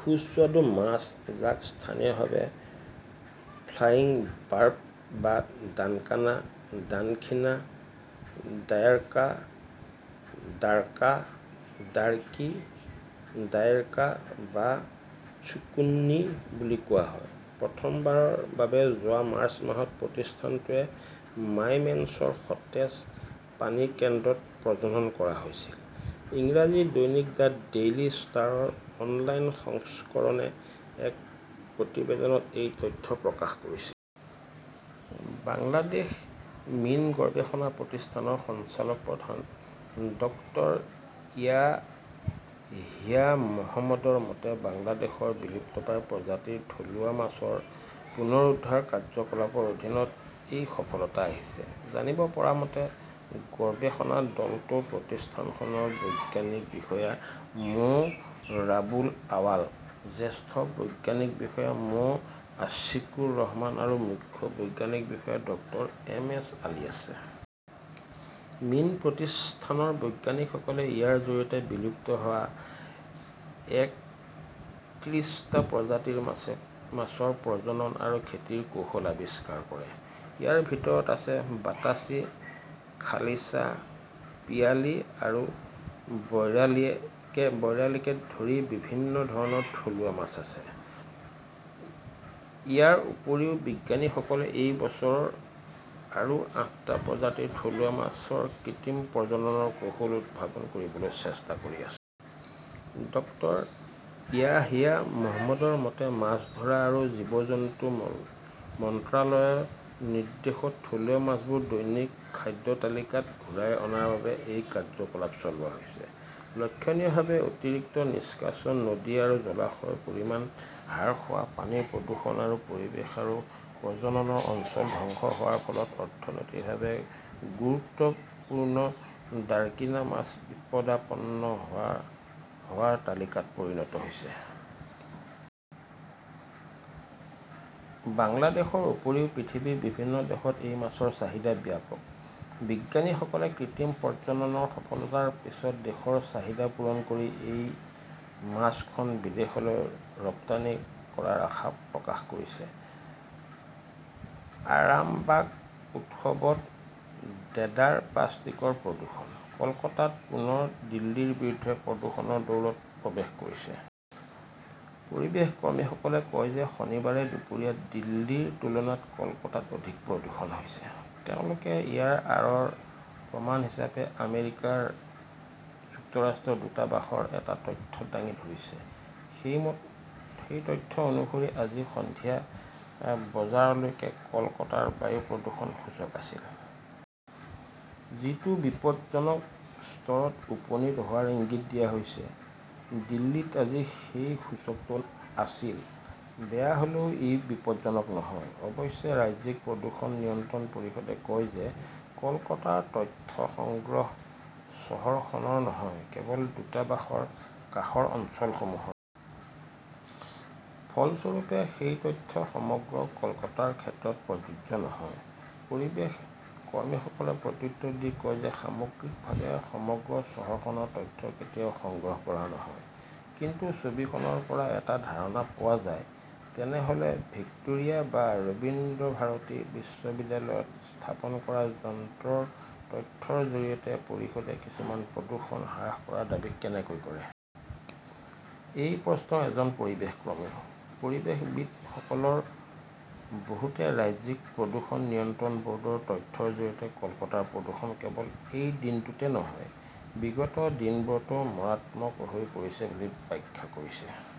সুস্বাদু মাছ, যাক স্থানীয়ভাৱে ফ্লাইং বাৰ্ব বা ডানকানা, ডানখিনা, ডাইৰ্কা, দাৰ্কা, দাৰ্কি, ডাইৰ্কা বা চুক্কনী বুলি কোৱা হয়, প্ৰথমবাৰৰ বাবে যোৱা মাৰ্চ মাহত প্ৰতিষ্ঠানটোৰ মাইমেঞ্চৰ সতেজ পানী কেন্দ্ৰত প্ৰজনন কৰা হৈছিল। ইংৰাজী দৈনিক দ্য ডেইলী ষ্টাৰৰ অনলাইন সংস্কৰণে এক প্ৰতিবেদনত এই তথ্য প্ৰকাশ কৰিছে। বাংলাদেশ মীন গৱেষণা প্ৰতিষ্ঠানৰ সঞ্চালক প্ৰধান ডক্টৰ ইয়াহিয়া মাহমুদৰ মতে, বাংলাদেশৰ বিলুপ্তপ্ৰায় প্ৰজাতিৰ থলুৱা মাছৰ পুনৰুদ্ধাৰৰ কাৰ্যকলাপৰ অধীনত এই সফলতা আহিছে। জানিব পৰা মতে, গৱেষণা দলটোত প্ৰতিষ্ঠানখনৰ বৈজ্ঞানিক বিষয়া মো ৰাবুল আৱাল, জ্যেষ্ঠ বৈজ্ঞানিক বিষয়া মো আশিকুৰ ৰহমান আৰু মুখ্য বৈজ্ঞানিক বিষয়া ডক্টৰ এম শ্বাহ আলী আছে। মীন প্ৰতিষ্ঠানৰ বৈজ্ঞানীসকলে ইয়াৰ জৰিয়তে বিলুপ্ত হোৱা প্ৰায় একত্ৰিশটা প্ৰজাতিৰ মাছৰ প্ৰজনন আৰু খেতিৰ কৌশল আৱিষ্কাৰ কৰিছে। ইয়াৰ ভিতৰত আছে বাতাসী, খালিছা, পিয়ালী আৰু বাইৰালীকে ধৰি বিভিন্ন ধৰণৰ থলুৱা মাছ। ইয়াৰ উপৰিও, বিজ্ঞানীসকলে এই বছৰ আৰু আঠটা প্ৰজাতিৰ থলুৱা মাছৰ কৃত্ৰিম প্ৰজননৰ কৌশল উদ্ভাৱন কৰিবলৈ চেষ্টা কৰি আছে। ডক্টৰ ইয়াহিয়া মাহমুদৰ মতে, মাছ ধৰা আৰু জীৱজন্তু মন্ত্ৰালয়ৰ নিৰ্দেশত থলুৱা মাছবোৰ দৈনিক খাদ্য তালিকাত ঘূৰাই অনাৰ বাবে এই কাৰ্যকলাপ চলোৱা হৈছে। লক্ষণীয়ভাৱে, অতিৰিক্ত নিষ্কাশন, নদী আৰু জলাশয়ৰ পৰিমাণ হ্ৰাস হোৱা, পানীৰ প্ৰদূষণ আৰু পৰিৱেশ আৰু প্ৰজনন অঞ্চল ধ্বংস হোৱাৰ ফলত অৰ্থনৈতিকভাৱে গুৰুত্বপূৰ্ণ ডাৰ্কিনা মাছ বিপদাপন্ন হোৱাৰ তালিকাত পৰিণত হৈছে। বাংলাদেশৰ উপৰিও পৃথিৱীৰ বিভিন্ন দেশত এই মাছৰ চাহিদা ব্যাপক। বিজ্ঞানীসকলে কৃত্ৰিম প্ৰজননৰ সফলতাৰ পিছত দেশৰ চাহিদা পূৰণ কৰি এই মাছখন বিদেশলৈ ৰপ্তানি কৰাৰ আশা প্ৰকাশ কৰিছে। আৰামবাগ উৎসৱত দেদাৰ প্লাষ্টিকৰ প্ৰদূষণ। কলকাতা পুনৰ দিল্লীৰ বিৰুদ্ধে প্ৰদূষণৰ দৌৰত প্ৰৱেশ কৰিছে। পৰিৱেশ কৰ্মীসকলে কয় যে শনিবাৰে দুপৰীয়া দিল্লীৰ তুলনাত কলকাতাত অধিক প্ৰদূষণ হৈছিল। তেওঁলোকে ইয়াৰ আঁৰৰ প্ৰমাণ হিচাপে আমেৰিকা যুক্তৰাষ্ট্ৰৰ দূতাবাসৰ এটা তথ্য দাঙি ধৰিছে। সেই তথ্য অনুসৰি, আজি সন্ধিয়া বজালৈকে কলকাতাৰ বায়ু প্ৰদূষণ সূচক আছিল। যিটো বিপদজনক স্তৰত উপনীত হোৱাৰ ইংগিত দিয়া হৈছে। দিল্লীত আজি সেই সূচকটো আছিল। বেয়া হ'লেও ই বিপদজনক নহয়। অৱশ্যে, ৰাজ্যিক প্ৰদূষণ নিয়ন্ত্ৰণ পৰিষদে কয় যে কলকাতাৰ তথ্য সমগ্ৰ চহৰখনৰ নহয়, কেৱল দূতাবাসৰ কাষৰ অঞ্চলসমূহৰ। ফলস্বৰূপে, সেই তথ্য সমগ্ৰ কলকাতাৰ ক্ষেত্ৰত প্ৰযোজ্য নহয়। পৰিৱেশ কৰ্মীসকলে প্ৰত্যুত্তৰ দি কয় যে সামগ্ৰিকভাৱে সমগ্ৰ চহৰখনৰ তথ্য কেতিয়াও সংগ্ৰহ কৰা নহয়। কিন্তু ছবিখনৰ পৰা এটা ধাৰণা পোৱা যায়। তেনেহ'লে ভিক্টোৰিয়া বা ৰবীন্দ্ৰভাৰতী বিশ্ববিদ্যালয়ত স্থাপন কৰা যন্ত্ৰৰ তথ্যৰ জৰিয়তে পৰিষদে কেতিয়াবা প্ৰদূষণ হ্ৰাস কৰাৰ দাবী কেনেকৈ কৰে? এই প্ৰশ্ন এজন পৰিৱেশ কৰ্মীৰ। পৰিৱেশবিদসকলৰ বহুতে ৰাজ্যিক প্ৰদূষণ নিয়ন্ত্ৰণ ব'ৰ্ডৰ তথ্যৰ জৰিয়তে কলকাতাৰ প্ৰদূষণ কেৱল এই দিনটোতে নহয়, বিগত দিনবোৰতো মাৰাত্মক হৈ পৰিছে বুলি ব্যাখ্যা কৰিছে।